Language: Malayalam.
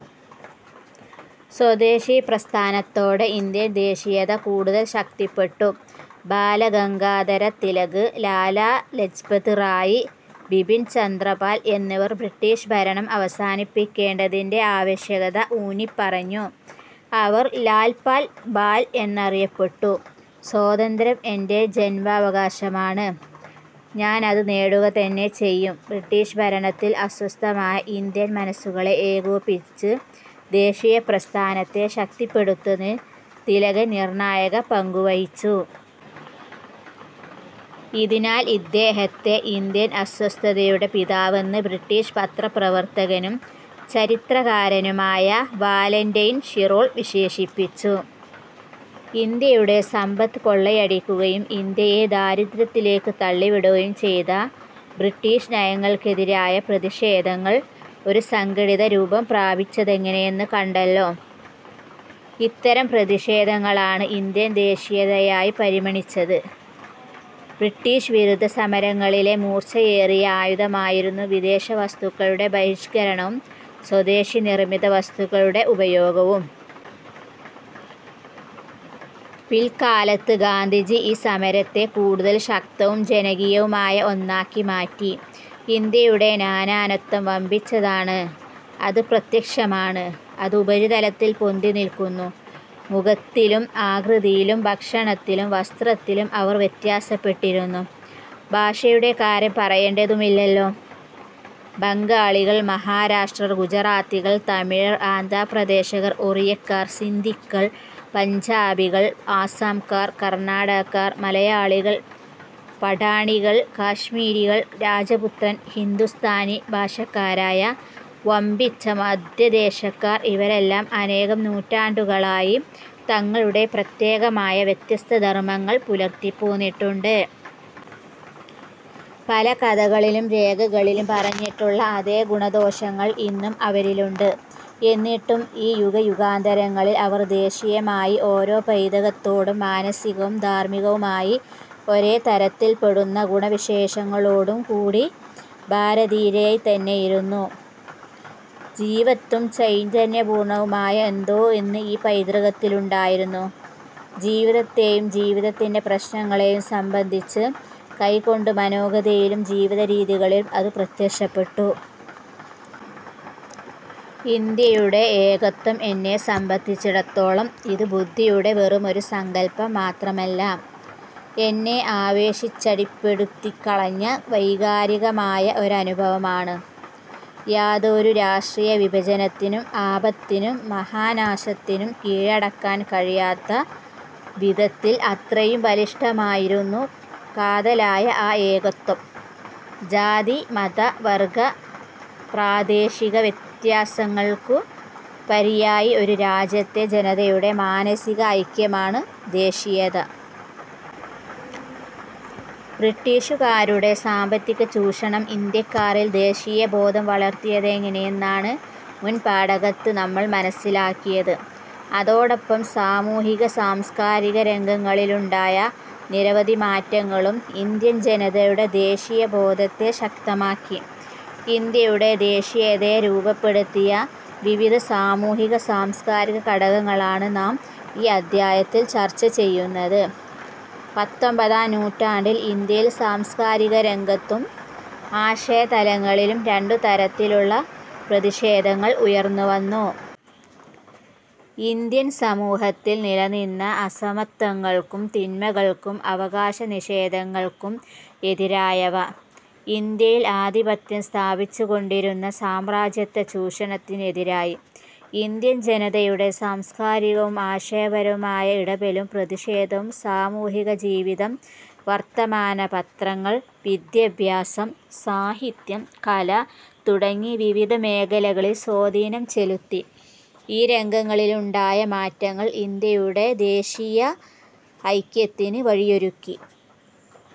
സ്വദേശി പ്രസ്ഥാനത്തോടെ ഇന്ത്യൻ ദേശീയത കൂടുതൽ ശക്തിപ്പെട്ടു. ബാല ഗംഗാധര തിലക്, ലാലാ ലജ്പത് റായ്, ബിപിൻ ചന്ദ്രപാൽ എന്നിവർ ബ്രിട്ടീഷ് ഭരണം അവസാനിപ്പിക്കേണ്ടതിന്റെ ആവശ്യകത ഊന്നിപ്പറഞ്ഞു. അവർ ലാൽ -പാൽ-ബാൽ എന്നറിയപ്പെട്ടു. "സ്വാതന്ത്ര്യം എന്റെ ജൻമാവകാശമാണ്. ഞാൻ അത് നേടുകതന്നെ ചെയ്യും. ബ്രിട്ടീഷ് ഭരണത്തിൽ അസ്വസ്ഥമായ ഇന്ത്യൻ മനസുകളെ ഏകോപിപ്പിച്ച് ദേശീയ പ്രസ്ഥാനത്തെ ശക്തിപ്പെടുത്തുന്നതിൽ തിലകൻ നിർണായക പങ്കു വഹിച്ചു. ഇതിനാൽ ഇദ്ദേഹത്തെ ഇന്ത്യൻ അസ്വസ്ഥതയുടടെ പിതാവെന്ന് ബ്രിട്ടീഷ് പത്രപ്രവർത്തകനും ചരിത്രകാരനുമായ വാലന്റയിൻ ഷിറോൾ വിശേഷിപ്പിച്ചു. ഇന്ത്യയുടെ സമ്പത്ത് കൊള്ളയടിക്കുകയും ഇന്ത്യയെ ദാരിദ്ര്യത്തിലേക്ക് തള്ളിവിടുകയും ചെയ്ത ബ്രിട്ടീഷ് നയങ്ങൾക്കെതിരായ പ്രതിഷേധങ്ങൾ ഒരു സംഘടിതരൂപം പ്രാപിച്ചതെങ്ങനെയെന്ന് കണ്ടല്ലോ. ഇത്തരം പ്രതിഷേധങ്ങളാണ് ഇന്ത്യൻ ദേശീയതയായി പരിണമിച്ചത്. ബ്രിട്ടീഷ് വിരുദ്ധ സമരങ്ങളിലെ മൂർച്ചയേറിയ ആയുധമായിരുന്നു വിദേശവസ്തുക്കളുടെ ബഹിഷ്കരണവും സ്വദേശി നിർമിത വസ്തുക്കളുടെ ഉപയോഗവും. പിൽക്കാലത്ത് ഗാന്ധിജി ഈ സമരത്തെ കൂടുതൽ ശക്തവും ജനകീയവുമായ ഒന്നാക്കി മാറ്റി. ഇന്ത്യയുടെ നാനാത്വം വമ്പിച്ചതാണ്. അത് പ്രത്യക്ഷമാണ്. അത് ഉപരിതലത്തിൽ പൊന്തിനിൽക്കുന്നു. മുഖത്തിലും ആകൃതിയിലും ഭക്ഷണത്തിലും വസ്ത്രത്തിലും അവർ വ്യത്യാസപ്പെട്ടിരിക്കുന്നു. ഭാഷയുടെ കാര്യം പറയേണ്ടതുമില്ലല്ലോ. ബംഗാളികൾ, മഹാരാഷ്ട്രർ, ഗുജറാത്തികൾ, തമിഴർ, ആന്ധ്രാപ്രദേശക്കാർ, ഒറിയക്കാർ, സിന്ധികൾ, പഞ്ചാബികൾ, ആസ്സാംകാർ, കർണാടകക്കാർ, മലയാളികൾ, പഠാണികൾ, കാശ്മീരികൾ, രജപുത്രർ, ഹിന്ദുസ്ഥാനി ഭാഷക്കാരായ വമ്പിച്ച മധ്യദേശക്കാർ ഇവരെല്ലാം അനേകം നൂറ്റാണ്ടുകളായി തങ്ങളുടെ പ്രത്യേകമായ വ്യത്യസ്ത ധർമങ്ങൾ പുലർത്തിപ്പോന്നിട്ടുണ്ട്. പല കഥകളിലും രേഖകളിലും പറഞ്ഞിട്ടുള്ള അതേ ഗുണദോഷങ്ങൾ ഇന്നും അവരിലുണ്ട്. എന്നിട്ടും ഈ യുഗയുഗാന്തരങ്ങളിൽ അവർ ദേശീയമായി ഒരേ പൈതൃകത്തോടും മാനസികവും ധാർമികവുമായി ഒരേ തരത്തിൽപ്പെടുന്ന ഗുണവിശേഷങ്ങളോടുംകൂടി ഭാരതീയരായി തന്നെയിരുന്നു. ജീവത്തും ചൈതന്യപൂർണവുമായ എന്തോ ഒന്ന് ഈ പൈതൃകത്തിലുണ്ടായിരുന്നു. ജീവിതത്തെയും ജീവിതത്തിന്റെ പ്രശ്നങ്ങളെയും സംബന്ധിച്ച് കൈക്കൊണ്ട് മനോഗതിയിലും ജീവിതരീതികളിലും അതു പ്രത്യക്ഷപ്പെട്ടു. ഇന്ത്യയുടെ ഏകത്വം എന്നെ സംബന്ധിച്ചിടത്തോളം ഇത് ബുദ്ധിയുടെ വെറുമൊരു സങ്കൽപ്പം മാത്രമല്ല; എന്നെ ആവേശിച്ചടിപ്പെടുത്തിക്കളഞ്ഞ വൈകാരികമായ ഒരനുഭവമാണ്. യാതൊരു രാഷ്ട്രീയവിഭജനത്തിനും ആപത്തിനും മഹാനാശത്തിനും കീഴടക്കാൻ കഴിയാത്ത വിധത്തിൽ അത്രയും ബലിഷ്ഠമായിരുന്നു കാതലായ ആ ഏകത്വം. ജാതി-മത-വർഗ-പ്രാദേശിക വ്യത്യാസങ്ങൾക്കുപരിയായി ഒരു രാജ്യത്തെ ജനതയുടെ മാനസിക ഐക്യമാണ് ദേശീയത. ബ്രിട്ടീഷുകാരുടെ സാമ്പത്തികചൂഷണം ഇന്ത്യക്കാരിൽ ദേശീയബോധം വളർത്തിയതെങ്ങനെയെന്നാണ് മുൻപാഠഭാഗത്ത് നമ്മൾ മനസ്സിലാക്കിയത്. അതോടൊപ്പം സാമൂഹിക-സാംസ്കാരിക രംഗങ്ങളിലുണ്ടായ നിരവധി മാറ്റങ്ങളും ഇന്ത്യൻ ജനതയുടെ ദേശീയബോധത്തെ ശക്തമാക്കി. ഇന്ത്യയുടെ ദേശീയതയെ രൂപപ്പെടുത്തിയ വിവിധ സാമൂഹിക-സാംസ്കാരിക ഘടകങ്ങളാണ് നാം ഈ അധ്യായത്തിൽ ചർച്ചചെയ്യുന്നത്. പത്തൊമ്പതാം നൂറ്റാണ്ടിൽ ഇന്ത്യയിൽ സാംസ്കാരിക രംഗത്തും ആശയ തലങ്ങളിലും രണ്ടു തരത്തിലുള്ള പ്രതിഷേധങ്ങൾ ഉയർന്നുവന്നു. ഇന്ത്യൻ സമൂഹത്തിൽ നിലനിന്ന അസമത്വങ്ങൾക്കും തിന്മകൾക്കും അവകാശനിഷേധങ്ങൾക്കും എതിരായവ. ഇന്ത്യയിൽ ആധിപത്യം സ്ഥാപിച്ചുകൊണ്ടിരുന്ന സാമ്രാജ്യത്വ ചൂഷണത്തിന് എതിരായി. ഇന്ത്യൻ ജനതയുടെ സാംസ്കാരികവും ആശയപരവുമായ ഇടപെടലും പ്രതിഷേധവും സാമൂഹികജീവിതം, വർത്തമാനപത്രങ്ങൾ, വിദ്യാഭ്യാസം, സാഹിത്യം, കല തുടങ്ങി വിവിധ മേഖലകളിൽ സ്വാധീനം ചെലുത്തി. ഈ രംഗങ്ങളിലുണ്ടായ മാറ്റങ്ങൾ ഇന്ത്യയുടെ ദേശീയൈക്യത്തിന് വഴിയൊരുക്കി.